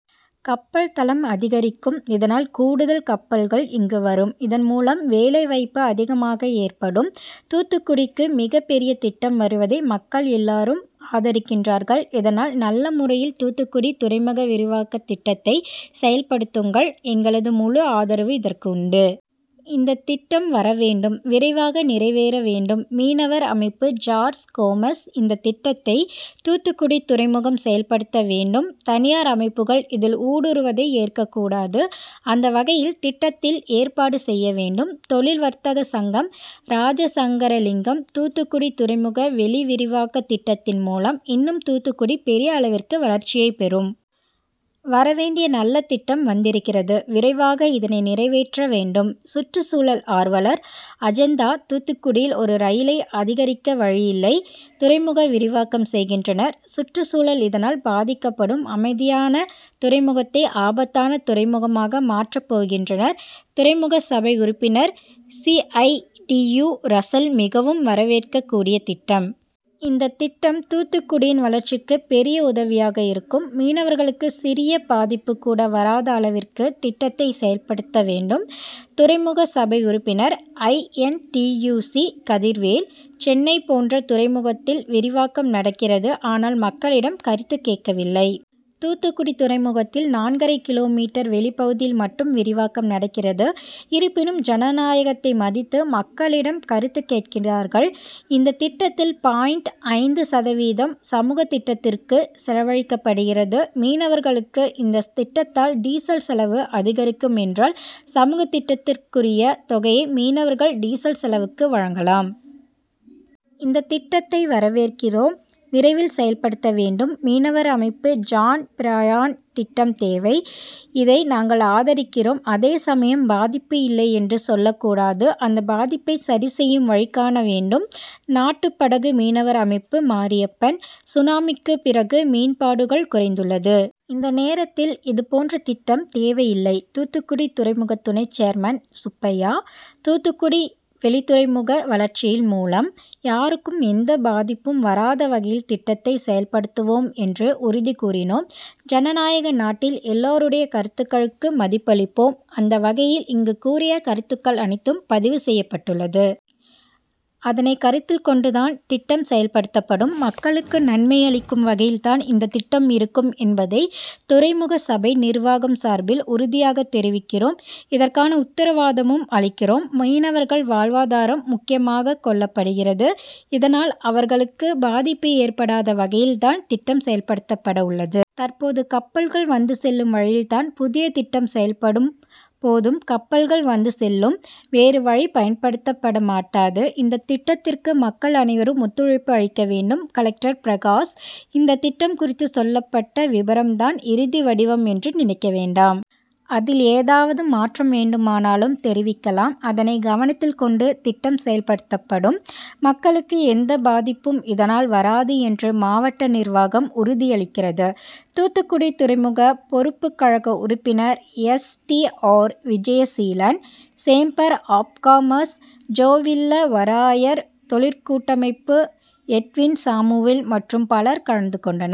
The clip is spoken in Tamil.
கப்பல்தளம் அதிகரிக்கும். இதனால் கூடுதல் கப்பல்கள் இங்கு வரும். இதன் மூலம் வேலைவாய்ப்பு அதிகமாக ஏற்படும். தூத்துக்குடிக்கு மிகப் பெரிய திட்டம் வருவதை மக்கள் எல்லோரும் ஆதரிக்கிறார்கள். இதனால் நல்ல முறையில் தூத்துக்குடி துறைமுக விரிவாக்க திட்டத்தை செயல்படுத்துங்கள். எங்களுது முழு ஆதரவு இதற்கு உண்டு. இந்த திட்டம் வர வேண்டும். விரைவாக நிறைவேற வேண்டும். மீனவர் அமைப்பு ஜார்ஸ் கோமஸ் இந்த திட்டத்தை தூத்துக்குடி துறைமுகம் செயல்படுத்த வேண்டும். தனியார் அமைப்புகள் இதில் ஊடுறுவதை ஏற்க கூடாது. அந்த வகையில் திட்டத்தில் ஏற்பாடு செய்ய வேண்டும். தொழில் வர்த்தக சங்கம் ராஜாசங்கரலிங்கம்; தூத்துக்குடி துறைமுக வெளி விரிவாக்க திட்டத்தின் மூலம் இன்னும் தூத்துக்குடி பெரிய அளவிற்கு வளர்ச்சியை பெரும். வரவேண்டிய நல்ல திட்டம் வந்திருக்கிறது. விரைவாக இதனை நிறைவேற்ற வேண்டும். சுற்றுச்சூழல் ஆர்வலர் அஜெந்தா தூத்துக்குடியில் ஒரு ரயிலை அதிகரிக்க வழியில்லை. துறைமுக விரிவாக்கம் செய்கின்றனர். சுற்றுச்சூழல் இதனால் பாதிக்கப்படும். அமைதியான துறைமுகத்தை ஆபத்தான துறைமுகமாக மாற்றப் போகின்றனர். துறைமுகசபை உறுப்பினர் சிஐடியு ரசல் மிகவும் வரவேற்க கூடிய திட்டம். இந்த திட்டம் தூத்துக்குடியின் வளர்ச்சிக்கு பெரிய உதவியாக இருக்கும். மீனவர்களுக்கு சிறிய பாதிப்பு கூட வராத அளவிற்கு திட்டத்தை செயல்படுத்த வேண்டும். துறைமுக சபை உறுப்பினர் I. N. T. U. C Kathirvel; Chennai போன்ற துறைமுகத்தில் விரிவாக்கம் நடக்கிறது. ஆனால் மக்களிடம் கருத்து கேட்கவில்லை. தூத்துக்குடி துறைமுகத்தில் நான்கரை கிலோ மீட்டர் வெளிப் பகுதியில் மட்டும் விரிவாக்கம் நடக்கிறது. இருப்பினும் ஜனநாயகத்தை மதித்து மக்களிடம் கருத்து கேட்கிறார்கள். இந்த திட்டத்தில் பாயிண்ட் ஐந்து சதவீதம் சமூக திட்டத்திற்கு செலவழிக்கப்படுகிறது. மீனவர்களுக்கு இந்த திட்டத்தால் டீசல் செலவு அதிகரிக்கும் என்றால் சமூக திட்டத்திற்குரிய தொகையை மீனவர்கள் டீசல் செலவுக்கு வழங்கலாம். இந்த திட்டத்தை வரவேற்கிறோம். விரைவில் செயல்படுத்த வேண்டும். மீனவர் அமைப்பு ஜான் பிராயன் திட்டம் தேவை. இதனை நாங்கள் ஆதரிக்கிறோம். அதே சமயம் பாதிப்பு இல்லை என்று சொல்லக் கூடாது. அந்த பாதிப்பை சரி செய்யும் வழி காண வேண்டும். நாட்டுபடகு மீனவர் அமைப்பு மாரியப்பன்; சுனாமிக்கு பிறகு மீன்பாடுகள் குறைந்துள்ளது. இந்த நேரத்தில் இது போன்ற திட்டம் தேவையில்லை. தூத்துக்குடி துறைமுக துணைச் சேர்மன் சுப்பையா; தூத்துக்குடி வெளித்துறைமுக வளர்ச்சியின் மூலம் யாருக்கும் எந்த பாதிப்பும் வராத வகையில் திட்டத்தை செயல்படுத்துவோம் என்று உறுதி கூறுகிறோம். ஜனநாயக நாட்டில் எல்லோருடைய கருத்துக்களுக்கு மதிப்பளிப்போம். அந்த வகையில் இங்கு கூறிய கருத்துக்கள் அனைத்தும் பதிவு செய்யப்பட்டுள்ளது. அதனை கருத்தில் கொண்டு தான் திட்டம் செயல்படுத்தப்படும். மக்களுக்கு நன்மை அளிக்கும் வகையில் தான் இந்த திட்டம் இருக்கும் என்பதை துறைமுகசபை நிர்வாகம் சார்பில் உறுதியாக தெரிவிக்கிறோம். இதற்கான உத்தரவாதமும் அளிக்கிறோம். மீனவர்கள் வாழ்வாதாரம் முக்கியமாக கொள்ளப்படுகிறது. இதனால் அவர்களுக்கு பாதிப்பு ஏற்படாத வகையில் தான் திட்டம் செயல்படுத்தப்பட உள்ளது. தற்போது கப்பல்கள் வந்து செல்லும் வழியில் தான் புதிய திட்டம் செயல்படும் போதும் கப்பல்கள் வந்து செல்லும். வேறு வழி பயன்படுத்தப்படமாட்டாது. இந்த திட்டத்திற்கு மக்கள் அனைவரும் ஒத்துழைப்பு அளிக்க வேண்டும். கலெக்டர் பிரகாஷ்; இந்த திட்டம் குறித்து சொல்லப்பட்ட விபரம் தான் இறுதி வடிவம் என்று நினைக்க வேண்டாம். அதில் ஏதாவது மாற்றம் வேண்டுமானாலும் தெரிவிக்கலாம். அதனை கவனத்தில் கொண்டு திட்டம் செயல்படுத்தப்படும். மக்களுக்கு எந்த பாதிப்பும் இதனால் வராது என்று மாவட்ட நிர்வாகம் உறுதியளிக்கிறது. தூத்துக்குடி துறைமுக பொறுப்புக்கழக உறுப்பினர் S. T. R. Vijayaseelan, chamber of commerce Jovillavarayar, தொழிற்கூட்டமைப்பு Edwin Samuel, மற்றும் பலர் கலந்து கொண்டனர்.